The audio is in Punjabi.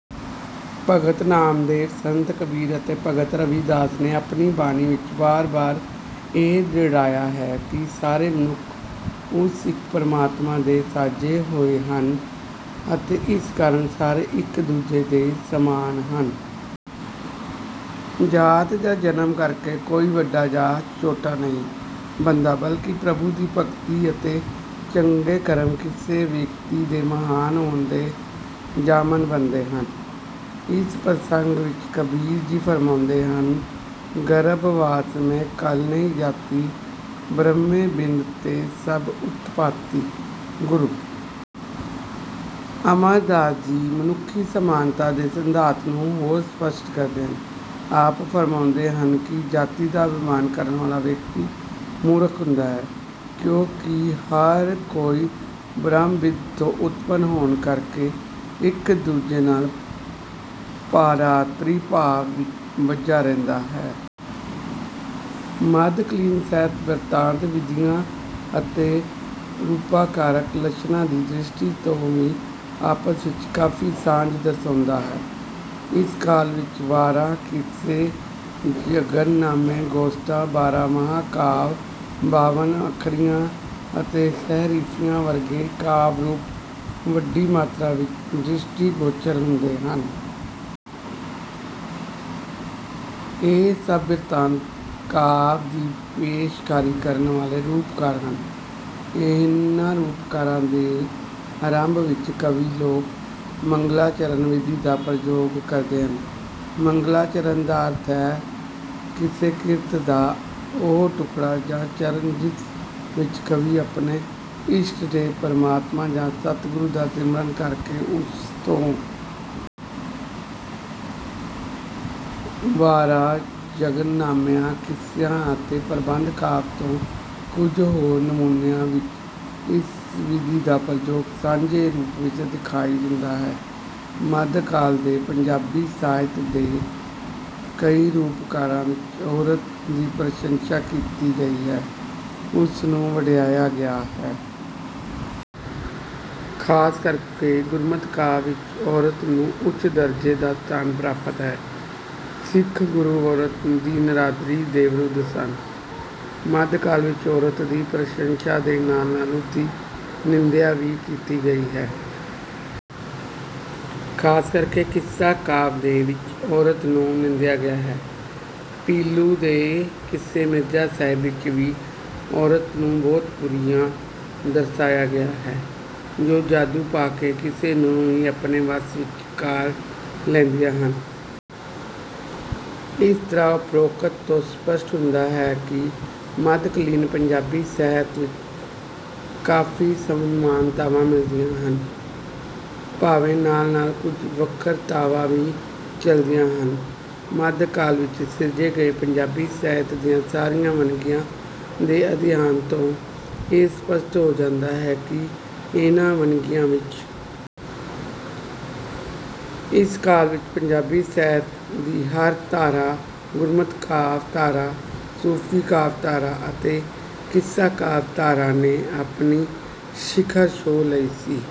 ਭਗਤ ਨਾਮਦੇਵ, ਸੰਤ ਕਬੀਰ ਅਤੇ ਭਗਤ ਰਵਿਦਾਸ ਨੇ ਆਪਣੀ ਬਾਣੀ ਵਿੱਚ ਬਾਰ-ਬਾਰ ਇਹ ਦ੍ਰਿੜਾਇਆ ਹੈ ਕਿ ਸਾਰੇ ਮਨੁੱਖ ਉਸ ਇੱਕ ਪਰਮਾਤਮਾ ਦੇ ਸਾਜੇ ਹੋਏ ਹਨ ਅਤੇ ਇਸ ਕਾਰਨ ਸਾਰੇ ਇੱਕ-ਦੂਜੇ ਦੇ ਸਮਾਨ ਹਨ। ਜ਼ਾਤ ਜਾਂ ਜਨਮ ਕਰਕੇ ਕੋਈ ਵੱਡਾ ਜਾਂ ਛੋਟਾ ਨਹੀਂ ਬਣਦਾ ਬਲਕਿ ਪ੍ਰਭੂ ਦੀ ਭਗਤੀ ਅਤੇ ਚੰਗੇ ਕਰਮ ਹੀ ਕਿਸੇ ਵਿਅਕਤੀ ਦੇ ਮਹਾਨ ਹੋਣ ਦੇ ਜ਼ਾਮਨ ਬਣਦੇ ਹਨ। ਇਸ ਪ੍ਰਸੰਗ ਵਿੱਚ ਕਬੀਰ ਜੀ ਫਰਮਾਉਂਦੇ ਹਨ:ਗਰਭ ਵਾਸ ਮਹਿ ਕੁਲੁ ਨਹੀ ਜਾਤੀ ਬ੍ਰਹਮ ਬਿੰਦੁ ਤੇ ਸਭ ਉਤਪਾਤੀ ॥"ਗੁਰੂ ਅਮਰਦਾਸ ਜੀ ਮਨੁੱਖੀ ਸਮਾਨਤਾ ਦੇ ਸਿਧਾਂਤ ਨੂੰ ਹੋਰ ਸਪਸ਼ਟ ਕਰਦੇ ਹਨ। ਆਪ ਫਰਮਾਉਂਦੇ ਹਨ ਕਿ ਜਾਤੀ ਦਾ ਅਭਿਮਾਨ ਕਰਨ ਵਾਲਾ ਵਿਅਕਤੀ ਮੂਰਖ ਹੁੰਦਾ ਹੈ ਕਿਉਂਕਿ ਹਰ ਕੋਈ ਬ੍ਰਹਮ-ਬਿੰਦ ਤੋਂ ਉਤਪੰਨ ਹੋਣ ਕਰਕੇ ਇੱਕ-ਦੂਜੇ ਨਾਲ ਭਰਾਤਰੀ-ਭਾਵ ਵਿੱਚ ਬੱਝਾ ਰਹਿੰਦਾ ਹੈ। ਮੱਧਕਾਲੀਨ ਸਾਹਿਤ, ਬ੍ਰਿਤਾਂਤ-ਵਿਧੀਆਂ ਅਤੇ ਰੂਪਾਕਾਰਕ ਲੱਛਣਾਂ ਦੀ ਦ੍ਰਿਸ਼ਟੀ ਤੋਂ ਵੀ ਆਪਸ ਵਿੱਚ ਕਾਫੀ ਸਾਂਝ ਦਰਸਾਉਂਦਾ ਹੈ। ਇਸ ਕਾਲ ਵਿੱਚ ਵਾਰਾਂ, ਕਿੱਸੇ, ਜੰਗਨਾਮੇ, ਗੋਸ਼ਟਾਂ, ਬਾਰਹਮਾਹਾ ਕਾਵਿ, ਬਾਵਨ-ਅੱਖਰੀਆਂ ਅਤੇ ਸੀਹਰਫ਼ੀਆਂ ਵਰਗੇ ਕਾਵਿ-ਰੂਪ ਵੱਡੀ ਮਾਤਰਾ ਵਿੱਚ ਦ੍ਰਿਸ਼ਟੀਗੋਚਰ ਹੁੰਦੇ ਹਨ। ਇਹ ਸਭ ਬ੍ਰਿਤਾਂਤ-ਕਾਵਿ ਦੀ ਪੇਸ਼ਕਾਰੀ ਕਰਨ ਵਾਲੇ ਰੂਪਾਕਾਰ ਹਨ। ਇਨ੍ਹਾਂ ਰੂਪਾਕਾਰਾਂ ਦੇ ਆਰੰਭ ਵਿੱਚ ਕਵੀ ਲੋਕ 'ਮੰਗਲਾਚਰਣ' ਵਿਧੀ ਦਾ ਪ੍ਰਯੋਗ ਕਰਦੇ ਹਨ। ਮੰਗਲਾਚਰਣ ਦਾ ਅਰਥ ਹੈ ਕਿਸੇ ਕਿਰਤ ਦਾ ਉਹ ਟੁਕੜਾ ਜਾਂ ਚਰਣ ਜਿਸ ਵਿੱਚ ਕਵੀ ਆਪਣੇ ਇਸ਼ਟਦੇਵ, ਪਰਮਾਤਮਾ ਜਾਂ ਸਤਿਗੁਰੂ ਦਾ ਸਿਮਰਨ ਕਰਕੇ ਉਸ ਤੋਂ ਅਨੁਗ੍ਰਹਿ ਦੀ ਕਾਮਨਾ ਕਰਦਾ ਹੈ। ਵਾਰਾਂ, ਜੰਗਨਾਮਿਆਂ, ਕਿੱਸਿਆਂ ਅਤੇ ਪ੍ਰਬੰਧ ਕਾਵਿ ਦੇ ਕੁੱਝ ਹੋਰ ਨਮੂਨਿਆਂ ਵਿੱਚ ਇਸ ਵਿਧੀ ਦਾ ਪ੍ਰਯੋਗ ਸਾਂਝੇ ਰੂਪ ਵਿੱਚ ਦਿਖਾਈ ਦਿੰਦਾ ਹੈ। ਮੱਧਕਾਲ ਦੇ ਪੰਜਾਬੀ ਸਾਹਿਤ ਦੇ ਕਈ ਰੂਪਾਕਾਰਾਂ ਵਿੱਚ ਔਰਤ ਦੀ ਪ੍ਰਸ਼ੰਸਾ ਕੀਤੀ ਗਈ ਹੈ; ਉਸਨੂੰ ਵਡਿਆਇਆ ਗਿਆ ਹੈ। ਖਾਸ ਕਰਕੇ ਗੁਰਮਤਿ ਕਾਵਿ ਵਿੱਚ ਔਰਤ ਨੂੰ ਉੱਚ ਦਰਜੇ ਦਾ ਸਥਾਨ ਪ੍ਰਾਪਤ ਹੈ। ਸਿੱਖ ਗੁਰੂ ਔਰਤ ਦੀ ਨਿਰਾਦਰੀ ਦੇ ਵਿਰੁੱਧ ਸਨ। ਮੱਧਕਾਲ ਵਿੱਚ ਔਰਤ ਦੀ ਪ੍ਰਸੰਸਾ ਦੇ ਨਾਲ-ਨਾਲ ਉਸਦੀ ਨਿੰਦਿਆ ਵੀ ਕੀਤੀ ਗਈ ਹੈ। ਖਾਸ ਕਰਕੇ ਕਿੱਸਾ ਕਾਵਿ ਦੇ ਵਿੱਚ ਔਰਤ ਨੂੰ ਨਿੰਦਿਆ ਗਿਆ ਹੈ। ਪੀਲੂ ਦੇ ਕਿੱਸੇ 'ਮਿਰਜ਼ਾ-ਸਾਹਿਬਾਂ' ਵਿੱਚ ਵੀ ਔਰਤਾਂ ਨੂੰ ਬਹੁਤ ਬੁਰੀਆਂ ਦਰਸਾਇਆ ਗਿਆ ਹੈ, ਜੋ ਜਾਦੂ ਪਾ ਕੇ ਕਿਸੇ ਨੂੰ ਵੀ ਆਪਣੇ ਵੱਸ ਵਿੱਚ ਕਰ ਲੈਂਦੀਆਂ ਹਨ। ਇਸ ਤਰ੍ਹਾਂ ਉਪਰੋਕਤ ਤੋਂ ਸਪੱਸ਼ਟ ਹੁੰਦਾ ਹੈ ਕਿ ਮੱਧਕਾਲੀਨ ਪੰਜਾਬੀ ਸਾਹਿਤ ਵਿੱਚ ਕਾਫੀ ਸਮਾਨਤਾਵਾਂ ਮਿਲਦੀਆਂ ਹਨ, ਭਾਵੇਂ ਨਾਲ-ਨਾਲ ਕੁੱਝ ਵੱਖਰਤਾਵਾਂ ਵੀ ਚਲਦੀਆਂ ਹਨ। ਮੱਧਕਾਲ ਵਿੱਚ ਸਿਰਜੇ ਗਏ ਪੰਜਾਬੀ ਸਾਹਿਤ ਦੀਆਂ ਸਾਰੀਆਂ ਵੰਨਗੀਆਂ ਦੇ ਅਧਿਐਨ ਤੋਂ ਇਹ ਸਪੱਸ਼ਟ ਹੋ ਜਾਂਦਾ ਹੈ ਕਿ ਇਨ੍ਹਾਂ ਵੰਨਗੀਆਂ ਵਿੱਚ ਕਈ ਤਰ੍ਹਾਂ ਦੇ ਸਾਂਝੇ ਲੱਛਣ ਪਾਏ ਜਾਂਦੇ ਹਨ। ਇਸ ਕਾਲ ਵਿੱਚ ਪੰਜਾਬੀ ਸਾਹਿਤ ਦੀ ਹਰ ਧਾਰਾ ਗੁਰਮਤਿ ਕਾਵਿ ਧਾਰਾ, ਸੂਫ਼ੀ ਕਾਵਿ ਧਾਰਾ ਅਤੇ ਕਿੱਸਾ ਕਾਵਿ ਧਾਰਾ ਨੇ ਆਪਣੀ ਸਿਖਰ ਛੋਹ ਲਈ ਸੀ।